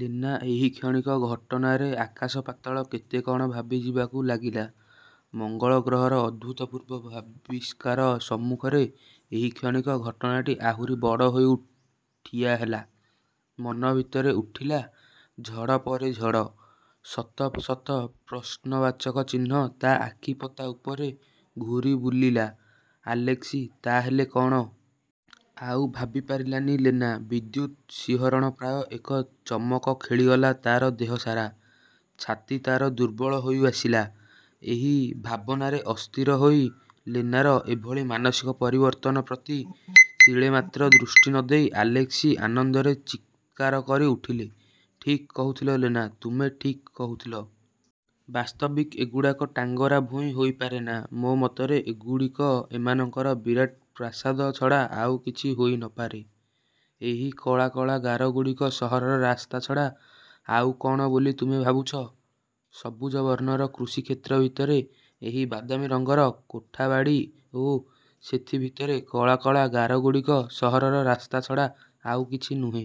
ଲେନା ଏହି କ୍ଷଣିକ ଘଟନାରେ ଆକାଶ ପାତାଳ କେତେ କଣ ଭାବିଯିବାକୁ ଲାଗିଲା। ମଙ୍ଗଳ ଗ୍ରହର ଅଦ୍ଭୁତପୂର୍ବ ଆବିଷ୍କାର ସମ୍ମୁଖରେ ଏହି କ୍ଷଣିକ ଘଟଣାଟି ଆହୁରି ବଡ଼ ହୋଇ ଠିଆହେଲା। ମନ ଭିତରେ ଉଠିଲା ଝଡ଼ ପରେ ଝଡ଼। ଶତ ଶତ ପ୍ରଶ୍ନବାଚକ ଚିହ୍ନ ତା ଆଖିପତା ଉପରେ ଘୂରିବୁଲିଲା–''ଆଲେସ୍କି ତା'ହେଲେ କ'ଣ–? '' ଆଉ ଭାବିପାରିଲାନି ଲେନା। ବିଦ୍ୟୁତ୍ ଶିହରଣ ପ୍ରାୟ ଏକ ଚମକ ଖେଳିଗଲା ତାର ଦେହ ସାରା। ଛାତି ତାର ଦୁର୍ବଳ ହୋଇଆସିଲା ଏହି ଭାବନାରେ ଅସ୍ଥିର ହୋଇ। ଲେନାର ଏଭଳି ମାନସିକ ପରିବର୍ତ୍ତନ ପ୍ରତି ତିଳେମାତ୍ର ଦୃଷ୍ଟି ନଦେଇ ଆଲେସ୍କି ଆନନ୍ଦରେ ଚିତ୍କାର କରି ଉଠିଲେ– ''ଠିକ୍ କହୁଥିଲ ଲେନା, ତୁମେ ଠିକ୍ କହୁଥିଲ। ବାସ୍ତବିକ୍ ଏଗୁଡ଼ାକ ଟାଙ୍ଗରା ଭୂଇଁ ହୋଇପାରେନା। ମୋ ମତରେ ଏଗୁଡ଼ିକ ଏମାନଙ୍କର ବିରାଟ ପ୍ରାସାଦ ଛଡ଼ା ଆଉ କିଛି ହୋଇ ନପାରେ। ଏହି କଳା କଳା ଗାରଗୁଡ଼ିକ ସହରର ରାସ୍ତା ଛଡ଼ା ଆଉ କଣ ବୋଲି ତୁମେ ଭାବୁଛ? ସବୁଜ ବର୍ଣ୍ଣର କୃଷିକ୍ଷେତ୍ର ଭିତରେ ଏହି ବାଦାମୀ ରଙ୍ଗର କୋଠାବାଡ଼ି ଓ ସେଥି ଭିତରେ କଳା କଳା ଗାରଗୁଡ଼ିକ ସହରର ରାସ୍ତା ଛଡ଼ା ଆଉ କିଛି ନୁହେଁ।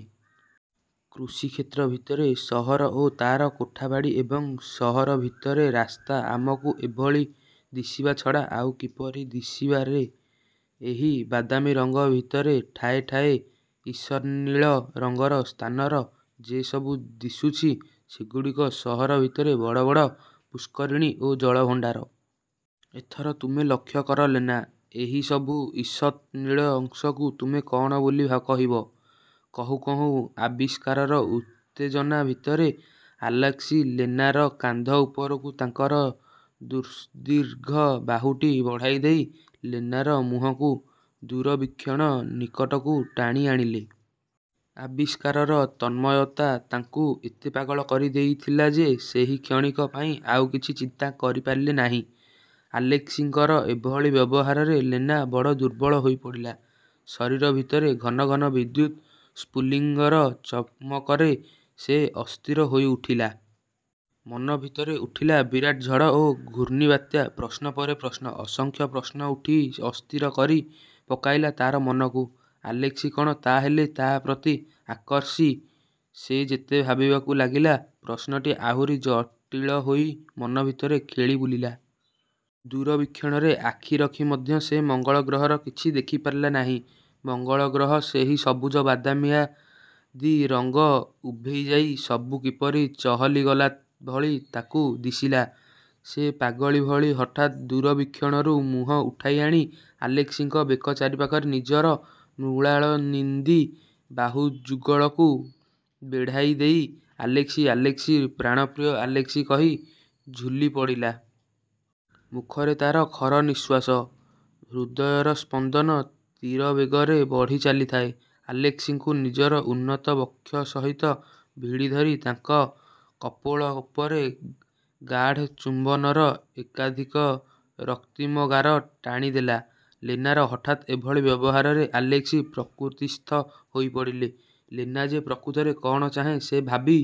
କୃଷିକ୍ଷେତ୍ର ଭିତରେ ସହର ଓ ତା'ର କୋଠାବାଡ଼ି ଏବଂ ସହର ଭିତରେ ରାସ୍ତା ଆମକୁ ଏଭଳି ଦିଶିବା ଛଡ଼ା ଆଉ କିପରି ଦିଶିପାରେ? ଏହି ବାଦାମୀ ରଙ୍ଗ ଭିତରେ ଠାଏ ଠାଏ ଈଷତ୍ନୀଳ ରଙ୍ଗର ସ୍ଥାନର ଯେ ସବୁ ଦିଶୁଛି, ସେଗୁଡ଼ିକ ସହର ଭିତରେ ବଡ଼ ବଡ଼ ପୁଷ୍କରିଣୀ ଓ ଜଳଭଣ୍ଡାର। ଏଥର ତୁମେ ଲକ୍ଷ୍ୟ କର ଲେନା, ଏହି ସବୁ ଈଷତ୍ ନୀଳ ଅଂଶକୁ ତୁମେ କ'ଣ ବୋଲି କହିବ? '' କହୁଁ କହୁଁ ଆବିଷ୍କାରର ଉତ୍ତେଜନା ଭିତରେ ଆଲେସ୍କି ଲେନାର କାନ୍ଧ ଉପରକୁ ତାଙ୍କର ସୁଦୀର୍ଘ ବାହୁଟି ବଢ଼ାଇଦେଇ ଲେନାର ମୁହଁକୁ ଦୂରବୀକ୍ଷଣ ନିକଟକୁ ଟାଣି ଆଣିଲେ। ଆବିଷ୍କାରର ତନ୍ମୟତା ତାଙ୍କୁ ଏତେ ପାଗଳ କରି ଦେଇଥିଲା ଯେ ସେହି କ୍ଷଣିକ ପାଇଁ ଆଉ କିଛି ଚିନ୍ତା କରିପାରିଲେ ନାହିଁ। ଆଲେସ୍କିଙ୍କର ଏଭଳି ବ୍ୟବହାରରେ ଲେନା ବଡ଼ ଦୁର୍ବଳ ହୋଇପଡ଼ିଲା। ଶରୀର ଭିତରେ ଘନ ଘନ ବିଦ୍ୟୁତ୍ ସ୍ଫୁଲିଙ୍ଗର ଚମକରେ ସେ ଅସ୍ଥିର ହୋଇ ଉଠିଲା। ମନ ଭିତରେ ଉଠିଲା ବିରାଟ ଝଡ଼ ଓ ଘୂର୍ଣ୍ଣିବାତ୍ୟା। ପ୍ରଶ୍ନ ପରେ ପ୍ରଶ୍ନ, ଅସଂଖ୍ୟ ପ୍ରଶ୍ନ ଉଠି ଅସ୍ଥିର କରି ପକାଇଲା ତାର ମନକୁ। ଆଲେସ୍କି କ'ଣ ତା' ହେଲେ ତା' ପ୍ରତି ଆସକ୍ତି? ସେ ଯେତେ ଭାବିବାକୁ ଲାଗିଲା, ପ୍ରଶ୍ନଟି ଆହୁରି ଜଟିଳ ହୋଇ ମନ ଭିତରେ ଖେଳି ବୁଲିଲା। ଦୂରବୀକ୍ଷଣରେ ଆଖି ରଖି ମଧ୍ୟ ସେ ମଙ୍ଗଳ ଗ୍ରହର କିଛି ଦେଖିପାରିଲା ନାହିଁ ମଙ୍ଗଳ ଗ୍ରହର ସେହି ସବୁଜ ବାଦାମୀଆଦି ରଙ୍ଗ ଉଭେଇଯାଇ ସବୁ କିପରି ଚହଲିଗଲା ଭଳି ତାକୁ ଦିଶିଲା। ସେ ପାଗଳୀ ଭଳି ହଠାତ୍ ଦୂରବୀକ୍ଷଣରୁ ମୁହଁ ଉଠାଇ ଆଣି ଆଲେସ୍କିଙ୍କ ବେକ ଚାରିପାଖରେ ନିଜର ମୃଣାଳନିନ୍ଦୀ ବାହୁଯୁଗଳକୁ ବେଢ଼ାଇଦେଇ, ''ଆଲେସ୍କି, ଆଲେସ୍କି, ପ୍ରାଣପ୍ରିୟ ଆଲେସ୍କି'' କହି ଝୁଲିପଡ଼ିଲା। ମୁଖରେ ତା'ର ଖର ନିଃଶ୍ୱାସ। ହୃଦୟର ସ୍ପନ୍ଦନ ତୀରବେଗରେ ବଢ଼ି ଚାଲିଥାଏ। ଆଲେସ୍କିଙ୍କୁ ନିଜର ଉନ୍ନତ ବକ୍ଷ ସହିତ ଭିଡ଼ିଧରି ତାଙ୍କ କପୋଳ ଉପରେ ଗାଢ଼ ଚୁମ୍ୱନର ଏକାଧିକ ରକ୍ତିମ ଗାର ଟାଣିଦେଲା। ଲେନାର ହଠାତ୍ ଏଭଳି ବ୍ୟବହାରରେ ଆଲେସ୍କି ପ୍ରକୃତିସ୍ଥ ହୋଇପଡ଼ିଲେ। ଲେନା ଯେ ପ୍ରକୃତରେ କ'ଣ ଚାହେଁ ସେ ଭାବି